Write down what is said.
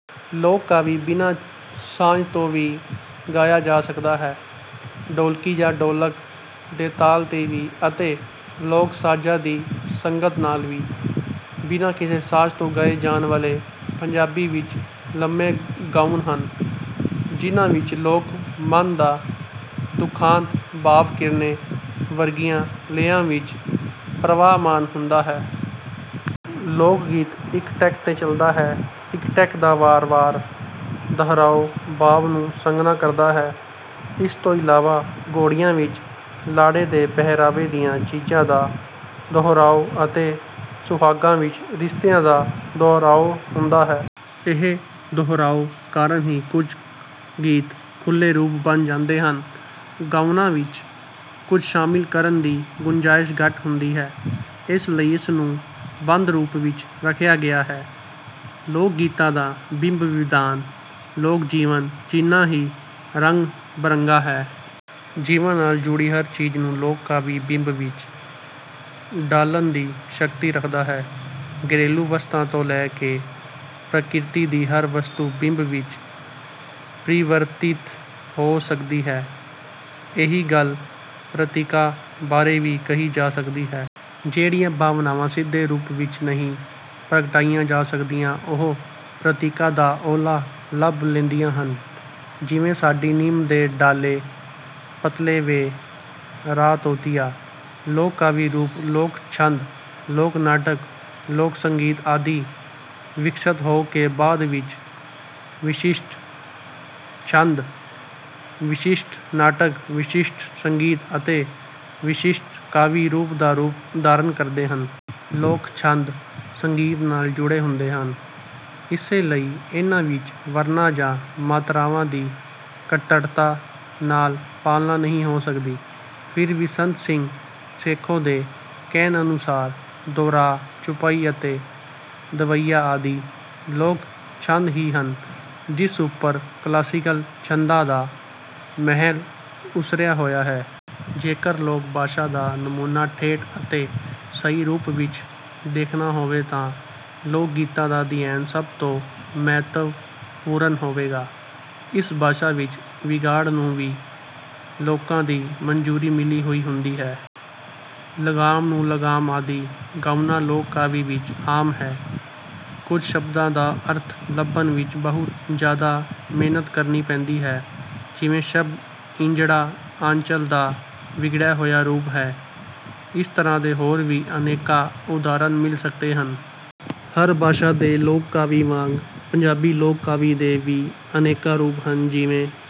ਲੋਕ ਕਾਵਿ ਬਿਨਾਂ ਸਾਜ਼ ਤੋਂ ਵੀ ਗਾਇਆ ਜਾ ਸਕਦਾ ਹੈ। ਢੋਲਕੀ ਜਾਂ ਢੋਲਕ ਦੇ ਤਾਲ ਤੇ ਵੀ ਅਤੇ ਲੋਕ ਸਾਜ਼ਾਂ ਦੀ ਸੰਗਤ ਨਾਲ ਵੀ। ਬਿਨਾਂ ਕਿਸੇ ਸਾਜ਼ ਤੋਂ ਗਾਏ ਜਾਣ ਵਾਲੇ ਪੰਜਾਬੀ ਵਿੱਚ ਲੰਮੇ ਗਾਉਣ ਹਨ ਜਿਨ੍ਹਾਂ ਵਿੱਚ ਲੋਕ ਮਨ ਦਾ ਦੁਖਾਂਤ-ਭਾਵ ਕੀਰਨੇ ਵਰਗੀਆਂ ਲੈਆਂ ਵਿੱਚ ਪ੍ਰਵਾਹਮਾਨ ਹੁੰਦਾ ਹੈ। ਲੋਕ ਗੀਤ ਇੱਕ ਟੇਕ ਤੇ ਚਲਦਾ ਹੈ, ਇੱਕ ਟੇਕ ਦਾ ਵਾਰ ਵਾਰ ਦਹਰਾਉ ਭਾਵ ਨੂੰ ਸੰਘਣਾ ਕਰਦਾ ਹੈ। ਇਸ ਤੋਂ ਇਲਾਵਾ ਘੋੜੀਆਂ ਵਿੱਚ ਲਾੜੇ ਦੇ ਪਹਿਰਾਵੇ ਦੀਆਂ ਚੀਜ਼ਾਂ ਦਾ ਦੁਹਰਾਉ ਅਤੇ ਸੁਹਾਗਾਂ ਵਿੱਚ ਰਿਸ਼ਤਿਆਂ ਦਾ ਦੁਹਰਾਉ ਹੁੰਦਾ ਹੈ। ਇਹ ਦੁਹਰਾਉ ਕਾਰਣ ਹੀ ਕੁਝ ਗੀਤ ਖੁੱਲੇ ਰੂਪ ਬਣ ਜਾਂਦੇ ਹਨ। ਗਾਉਣਾਂ ਵਿੱਚ ਕੁਝ ਸ਼ਾਮਿਲ ਕਰਨ ਦੀ ਗੁੰਜ਼ਾਇਸ਼ ਘੱਟ ਹੁੰਦੀ ਹੈ। ਇਸ ਲਈ ਇਸ ਨੂੰ ਬੰਦ ਰੂਪ ਵਿੱਚ ਰੱਖਿਆ ਗਿਆ ਹੈ। ਲੋਕ ਗੀਤਾਂ ਦਾ ਬਿੰਬ ਵਿਧਾਨ ਲੋਕ ਜੀਵਨ ਜਿੰਨਾਂ ਹੀ ਰੰਗ ਬਰੰਗਾ ਹੈ। ਜੀਵਨ ਨਾਲ ਜੁੜੀ ਹਰ ਚੀਜ਼ ਨੂੰ ਲੋਕ ਕਾਵਿ ਬਿੰਬ ਵਿੱਚ ਢਾਲਣ ਦੀ ਸ਼ਕਤੀ ਰੱਖਦਾ ਹੈ। ਘਰੇਲੂ ਵਸਤਾਂ ਤੋਂ ਲੈ ਕੇ ਪ੍ਰਕਿਰਤੀ ਦੀ ਹਰ ਵਸਤੂ ਬਿੰਬ ਵਿੱਚ ਪਰਿਵਰਤਿਤ ਹੋ ਸਕਦੀ ਹੈ। ਇਹੀ ਗੱਲ ਪ੍ਰਤੀਕਾਂ ਬਾਰੇ ਵੀ ਕਹੀ ਜਾ ਸਕਦੀ ਹੈ। ਜਿਹੜੀਆਂ ਭਾਵਨਾਵਾਂ ਸਿੱਧੇ ਰੂਪ ਵਿੱਚ ਨਹੀਂ ਪ੍ਰਗਟਾਈਆਂ ਜਾ ਸਕਦੀਆਂ ਉਹ ਪ੍ਰਤੀਕਾਂ ਦਾ ਉਹਲਾ ਲੱਭ ਲੈਂਦੀਆਂ ਹਨ। ਜਿਵੇਂ, ਸਾਡੀ ਨਿੰਮ ਦੇ ਡਾਅਲ਼ੇ ਪਤਲੇ ਵੇ ਰਾਅ ਤੋਤਿਆ। ਲੋਕ ਕਾਵਿ ਰੂਪ, ਲੋਕ ਛੰਦ, ਲੋਕ ਨਾਟਕ, ਲੋਕ ਸੰਗੀਤ ਆਦਿ ਵਿਕਸਤ ਹੋ ਕੇ ਬਾਦ ਵਿੱਚ ਵਿਸ਼ਿਸ਼ਟ ਛੰਦ, ਵਿਸ਼ਿਸ਼ਟ ਨਾਟਕ, ਵਿਸ਼ਸ਼ਟ ਸੰਗੀਤ ਅਤੇ ਵਿਸ਼ਿਸ਼ਟ ਕਾਵਿ ਰੂਪ ਦਾ ਰੂਪ ਧਾਰਨ ਕਰਦੇ ਹਨ। ਲੋਕ ਛੰਦ, ਸੰਗੀਤ ਨਾਲ਼ ਜੁੜੇ ਹੁੰਦੇ ਹਨ ਇਸੇ ਲਈ ਇਨ੍ਹਾਂ ਵਿੱਚ ਵਰਣਾਂ ਜਾਂ ਮਾਤਰਾਵਾਂ ਦੀ ਕੱਟੜਤਾ ਨਾਲ ਪਾਲਣਾ ਨਹੀਂ ਹੋ ਸਕਦੀ। ਫਿਰ ਵੀ ਸੰਤ ਸਿੰਘ ਸੇਖੋਂ ਦੇ ਕਹਿਣ ਅਨੁਸਾਰ ਦੋਹਰਾ, ਚੌਪਈ ਅਤੇ ਦਵੱਈਆ ਆਦਿ ਲੋਕ ਛੰਦ ਹੀ ਹਨ ਜਿਸ ਉਪਰ ਕਲਾਸੀਕਲ ਛੰਦਾਂ ਦਾ ਮਹਿਲ ਉਸਰਿਆ ਹੋਇਆ ਹੈ। ਜੇਕਰ ਲੋਕ ਭਾਸ਼ਾ ਦਾ ਨਮੂਨਾ ਠੇਠ ਅਤੇ ਸਹੀ ਰੂਪ ਵਿੱਚ ਦੇਖਣਾ ਹੋਵੇ ਤਾਂ ਲੋਕਗੀਤਾਂ ਦਾ ਅਧਿਐਨ ਸਭ ਤੋਂ ਮਹੱਤਵਪੂਰਣ ਹੋਵੇਗਾ। ਇਸ ਭਾਸ਼ਾ ਵਿੱਚ ਵਿਗਾੜ ਨੂੰ ਵੀ ਲੋਕਾਂ ਦੀ ਮਨਜ਼ੂਰੀ ਮਿਲੀ ਹੋਈ ਹੁੰਦੀ ਹੈ। ਲਗਾਮ ਨੂੰ ਗਲਾਮ ਆਦਿ ਗਾਉਣਾ ਲੋਕ ਕਾਵਿ ਵਿੱਚ ਆਮ ਹੈ। ਕੁਝ ਸ਼ਬਦਾਂ ਦਾ ਅਰਥ ਲੱਭਣ ਵਿੱਚ ਬਹੁਤ ਜ਼ਿਆਦਾ ਮਿਹਨਤ ਕਰਨੀ ਪੈਂਦੀ ਹੈ। ਜਿਵੇਂ ਸ਼ਬਦ ਇੰਜੜਾ, ਆਂਚਲ ਦਾ ਵਿਗੜਿਆ ਹੋਇਆ ਰੂਪ ਹੈ ਇਸ ਤਰ੍ਹਾਂ ਦੇ ਹੋਰ ਵੀ ਅਨੇਕਾਂ ਉਦਾਹਰਣ ਮਿਲ ਸਕਦੇ ਹਨ। ਹਰ ਭਾਸ਼ਾ ਦੇ ਲੋਕ ਕਾਵਿ ਵਾਂਗ ਪੰਜਾਬੀ ਲੋਕ ਕਾਵਿ ਦੇ ਵੀ ਅਨੇਕਾਂ ਰੂਪ ਹਨ ਜਿਵੇਂ